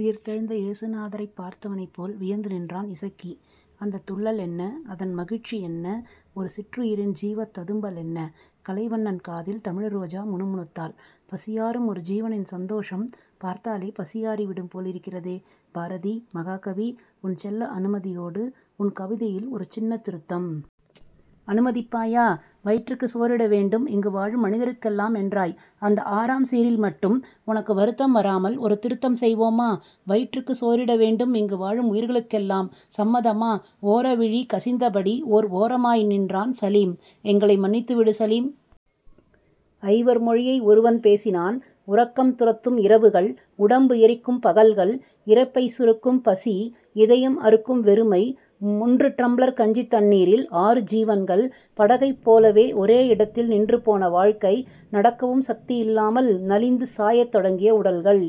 உயிர்த்தெழுந்த ஏசுநாதரைப் பார்த்தவனைப்போல் வியந்து நின்றான் இசக்கி. அந்தத் துள்ளலென்ன. அதன் மகிழ்ச்சியென்ன. ஒரு சிற்றுயிரின் ஜீவததும்பல் என்ன. கலைவண்ணன் காதில் தமிழ்ரோஜா முணுமுணுத்தாள். பசியாறும் ஒரு ஜீவனின் சந்தோஷம் பார்த்தாலே பசியாறிவிடும் போலிருக்கிறதே. பாரதீ. மகாகவி. உன் செல்ல அனுமதியோடு உன் கவிதையில் ஒரு சின்னத் திருத்தம். அனுமதிப்பாயா? வயிற்றுக்குச் சோறிட வேண்டும் இங்கு வாழும் மனிதருக்கெல்லாம் என்றாய். அந்த ஆறாம் சீரில் மட்டும் உனக்கு வருத்தம் வராமல் ஒரு திருத்தம் செய்வோமா? வயிற்றுக்குச் சோறிட வேண்டும் இங்கு வாழும் உயிர்களுக்கெல்லாம். சம்மதமா? ஓர விழி கசிந்தபடி ஓர் ஓரமாய் நின்றான் சலீம். எங்களை மன்னித்துவிடு சலீம். ஐவர் மொழியை ஒருவன் பேசினான். உறக்கம் துரத்தும் இரவுகள். உடம்பு எரிக்கும் பகல்கள். இரைப்பை சுருக்கும் பசி. இதயம் அறுக்கும் வெறுமை. முன்று டம்ளர் கஞ்சித் தண்ணீரில் ஆறு ஜீவன்கள். படகைப் போலவே ஒரே இடத்தில் நின்றுபோன வாழ்க்கை. நடக்கவும் சக்தியில்லாமல் நலிந்து சாயத் தொடங்கிய உடல்கள்.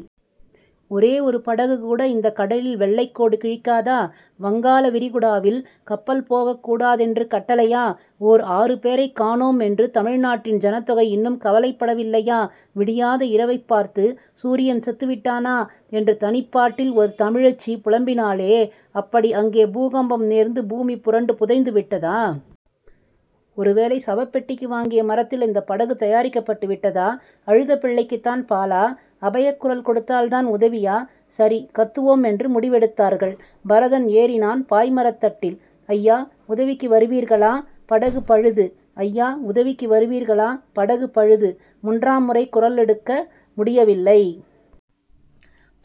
ஒரே ஒரு படகுகூட இந்தக் கடலில் வெள்ளைக்கோடு கிழிக்காதா? வங்காள விரிகுடாவில் கப்பல் போகக் கூடாதென்று கட்டளையா? ஓர் ஆறு பேரைக் காணோம் என்று தமிழ்நாட்டின் ஜனத்தொகை இன்னும் கவலைப்படவில்லையா? விடியாத இரவைப் பார்த்து சூரியன் செத்துவிட்டானா? என்று தனிப்பாட்டில் ஒரு தமிழச்சி புலம்பினாளே. அப்படி அங்கே பூகம்பம் நேர்ந்து பூமி புரண்டு புதைந்துவிட்டதா? ஒருவேளை சவப்பெட்டிக்கு வாங்கிய மரத்தில் இந்தப் படகு தயாரிக்கப்பட்டுவிட்டதா? அழுத பிள்ளைக்குத்தான் பாலா? அபயக்குரல் கொடுத்தால்தான் உதவியா? சரி. கத்துவோம்என்று முடிவெடுத்தார்கள். பரதன் ஏறினான் பாய்மரத் தட்டில். அய்யா உதவிக்கு வருவீர்களா? படகு பழுது. அய்யா உதவிக்கு வருவீர்களா? படகு பழுது. முன்றாம் முறை குரலெடுக்க முடியவில்லை.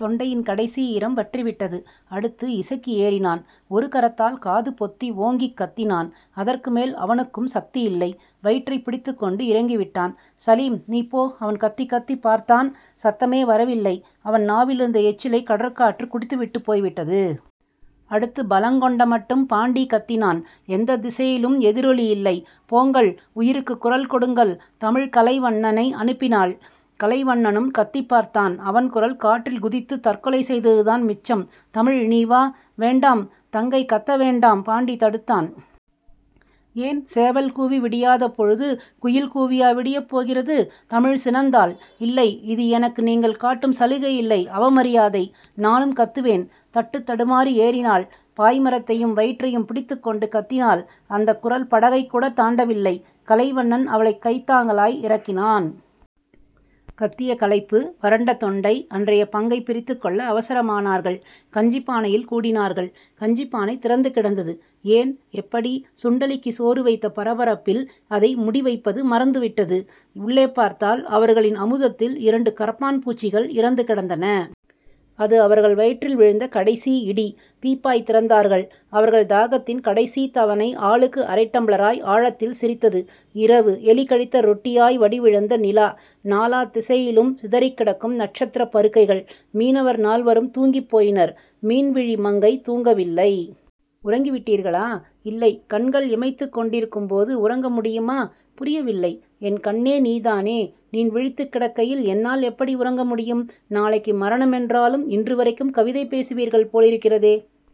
தொண்டையின் கடைசி ஈரம் வற்றிவிட்டது. அடுத்து இசக்கி ஏறினான். ஒரு கரத்தால் காதுபொத்தி ஓங்கிக் கத்தினான். அதற்குமேல் அவனுக்கும் சக்தி இல்லை. வயிற்றைப் பிடித்துக் கொண்டு இறங்கிவிட்டான். சலீம். நீ போ அவன் கத்திக் கத்திப் பார்த்தான். சத்தமே வரவில்லை. அவன் நாவிலிருந்த எச்சிலைக் கடற்காற்று குடித்துவிட்டுப் போய்விட்டது. அடுத்து பலங்கொண்ட மட்டும் பாண்டி கத்தினான். எந்தத் திசையிலும் எதிரொலியில்லை. போங்கள். உயிருக்கு குரல் கொடுங்கள் தமிழ் கலைவண்ணனை அனுப்பினாள். கலைவண்ணனும் கத்திப் பார்த்தான். அவன் குரல் காற்றில் குதித்துத் தற்கொலை செய்ததுதான் மிச்சம். தமிழ். நீ வா. வேண்டாம். தங்கை கத்த வேண்டாம் பாண்டி தடுத்தான். ஏன்? சேவல் கூவி விடியாத பொழுது குயில் கூவியா விடியப் போகிறது? தமிழ் சினந்தாள். இல்லை. இது எனக்கு நீங்கள் காட்டும் சலுகையில்லை. அவமரியாதை. நானும் கத்துவேன். தட்டுத் தடுமாறி ஏறினாள். பாய்மரத்தையும் வயிற்றையும் பிடித்துக் கொண்டு கத்தினாள். அந்தக் குரல் படகைக்கூடத் தாண்டவில்லை. கலைவண்ணன் அவளைக் கைத்தாங்கலாய் இறக்கினான். கத்திய களைப்பு. வறண்ட தொண்டை. அன்றைய பங்கைப் பிரித்துக் கொள்ள அவசரமானார்கள். கஞ்சிப் பானையில் கூடினார்கள். கஞ்சிப் பானை திறந்து கிடந்தது. ஏன்? எப்படி? சுண்டெலிக்குச் சோறு வைத்த பரபரப்பில் அதை முடிவைப்பது மறந்துவிட்டது. உள்ளே பார்த்தால் அவர்களின் அமுதத்தில் இரண்டு கரப்பான் பூச்சிகள் இறந்துகிடந்தன. அது அவர்கள் வயிற்றில் விழுந்த கடைசி இடி. பீப்பாய் திறந்தார்கள். அவர்கள் தாகத்தின் கடைசித் தவணை ஆளுக்கு அரை டம்ளராய் ஆழத்தில் சிரித்தது. இரவு. எலிகடித்த ரொட்டியாய் வடிவிழந்த நிலா. நாலா திசையிலும் சிதறிக்கிடக்கும் நட்சத்திரப் பருக்கைகள். மீனவர் நால்வரும் தூங்கிப் போயினர். மீன்விழி மங்கை தூங்கவில்லை. உறங்கிவிட்டீர்களா? இல்லை. கண்கள் இமைத்துக் கொண்டிருக்கும்போது உறங்க முடியுமா? புரியவில்லை. என் கண்ணே நீதானே. நீ விழித்துக் கிடக்கையில் என்னால் எப்படி உறங்க முடியும்? நாளைக்கு மரணமென்றாலும் இன்றுவரைக்கும் கவிதை பேசுவீர்கள் போலிருக்கிறதே.